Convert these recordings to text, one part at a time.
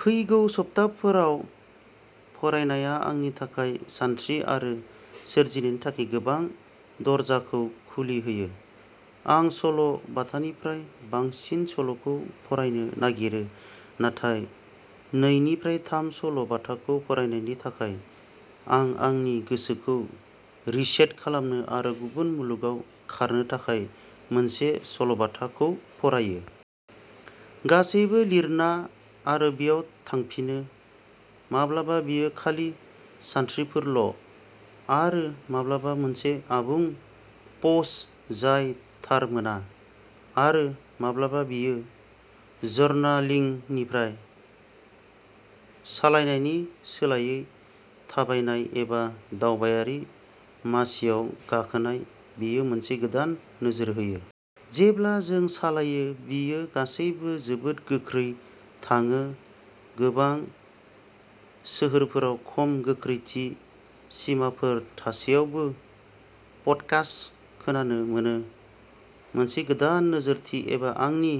फैगौ सप्ताफोराव फरायनाया आंनि थाखाय सानस्रि आरो सोरजिनायनि थाखाय गोबां दरजाखौ खुलि होयो। आं सल'-बाथानिफ्राय बांसिन सल'खौ फरायनो नागिरो, नाथाय नैनिफ्राय थाम सल'बाथाखौ फरायनायनि थाखाय, आं आंनि गोसोखौ रिसेट खालामनो आरो गुबुन मुलुगाव खारनो थाखाय मोनसे सल'बाथाखौ फरायो। गासैबो लिरना, आरो बेयाव थांफिनो। माब्लाबा बेयो खालि सानस्रिफोरल', आरो माब्लाबा मोनसे आबुं पस्ट जाय थार मोना, आरो माब्लाबा बेयो जार्नालिंगनिफ्राय। सालायनायनि सोलायै थाबायनाय, एबा, दावबायारि मासिआव गाखोनाय। बेयो मोनसे गोदान नोजोर होयो। जेब्ला जों सालायो, बेयो गासैबो जोबोद गोख्रै थाङो, गोबां सोहोरफोराव खम गोख्रैथि सिमाफोर थासेयावबो पडकास्ट खोनानो मोनो। मोनसे गोदान नोजोरथि एबा आंनि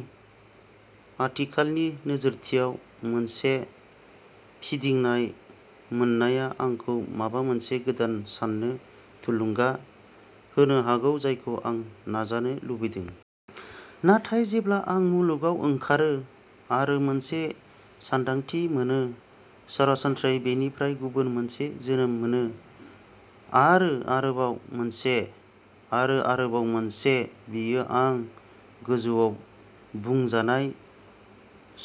आथिखालनि नोजोरथियाव मोनसे फिदिंनाय मोननाया आंखौ माबा मोनसे गोदान साननो थुलुंगा होनो हागौ जायखौ आं नाजानो लुबैदों। नाथाय जेब्ला आं मुलुगाव ओंखारो, आरो मोनसे सानदांथि मोनो, सरासनस्रायै बेनिफ्राय गुबुन मोनसे जोनोम मोनो। आरो आरोबाव मोनसे। आरो आरोबाव मोनसे बेयो आं गोजौआव बुंजानाय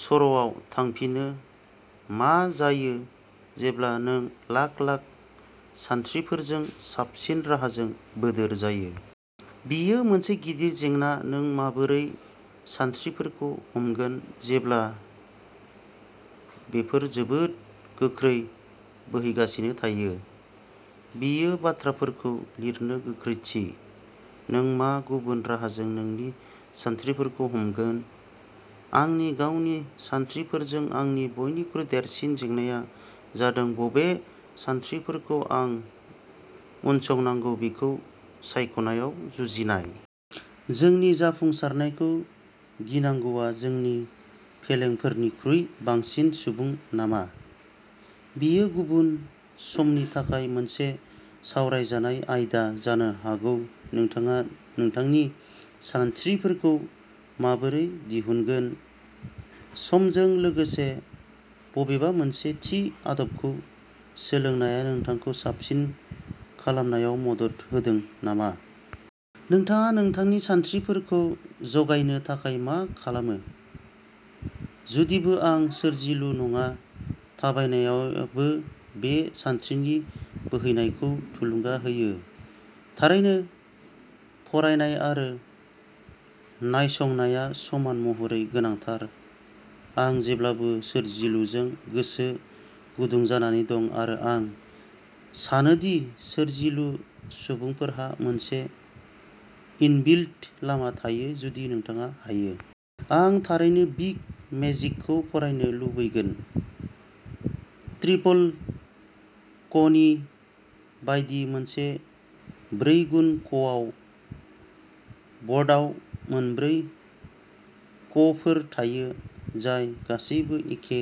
सर'आव थांफिनो मा जायो जेब्ला नों लाख-लाख सानस्रिफोरजों साबसिन राहाजों बोदोर जायो? बेयो मोनसे गिदिर जेंना नों माबोरै सानस्रिफोरखौ हमगोन जेब्ला बेफोर जोबोद गोख्रै बोहैगासिनो थायो? बेयो बाथ्राफोरखौ लिरनो गोख्रैथि। नों मा गुबुन राहाजों नोंनि सानस्रिफोरखौ हमगोन? आंनि गावनि सानस्रिफोरजों आंनि बयनिख्रुइ देरसिन जेंनाया जादों बबे सानस्रिफोरखौ आं उनसंनांगौ बेखौ सायख'नायाव जुजिनाय। जोंनि जाफुंसारनायखौ गिनांगौआ जोंनि फेलेंफोरनिख्रुइ बांसिन सुबुं नामा? बेयो गुबुन समनि थाखाय मोनसे सावरायजानाय आयदा जानो हागौ नोंथाङा नोंथांनि सानस्रिफोरखौ माबोरै दिहुनगोन? समजों लोगोसे बबेबा मोनसे थि आदबखौ सोलोंनाया नोंथांखौ साबसिन खालामनायाव मदद होदों नामा? नोंथाङा नोंथांनि सानस्रिफोरखौ जगायनो थाखाय मा खालामो? जुदिबो आं सोरजिलु नङा थाबायनायाबो बे सानस्रिनि बोहैनायखौ थुलुंगा होयो। थारैनो, फरायनाय आरो नायसंनाया समान महरै गोनांथार। आं जेब्लाबो सोरजिलुजों गोसो गुदुं जानानै दं आरो आं सानो दि सोरजिलु सुबुंफोरहा मोनसे इनबिल्ट लामा थायो जुदि नोंथाङा हायो। आं थारैनो बिग मेजिकखौ फरायनो लुबैगोन। ट्रिपल क'नि बायदि, मोनसे ब्रैगुन क'आव बडाव मोनब्रै क'फोर थायो जाय गासैबो एखे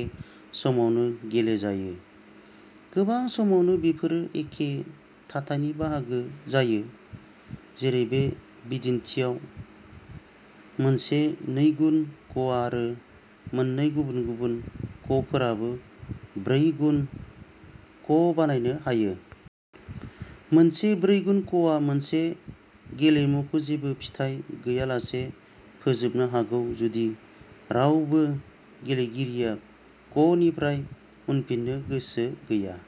समावनो गेलेजायो। गोबां समावनो बेफोरो एखे दाथायनि बाहागो जायो, जेरै बे बिदिन्थिआव। मोनसे नैगुन क'आरो मोननै गुबुन-गुबुन क'फोराबो ब्रैगुन क'बानायनो हायो। मोनसे ब्रैगुन क'आ मोनसे गेलेमुखौ जेबो फिथाय गैयालासे फोजोबनो हागौ जुदि रावबो गेलेगिरिया क'निफ्राय उनफिननो गोसो गैया।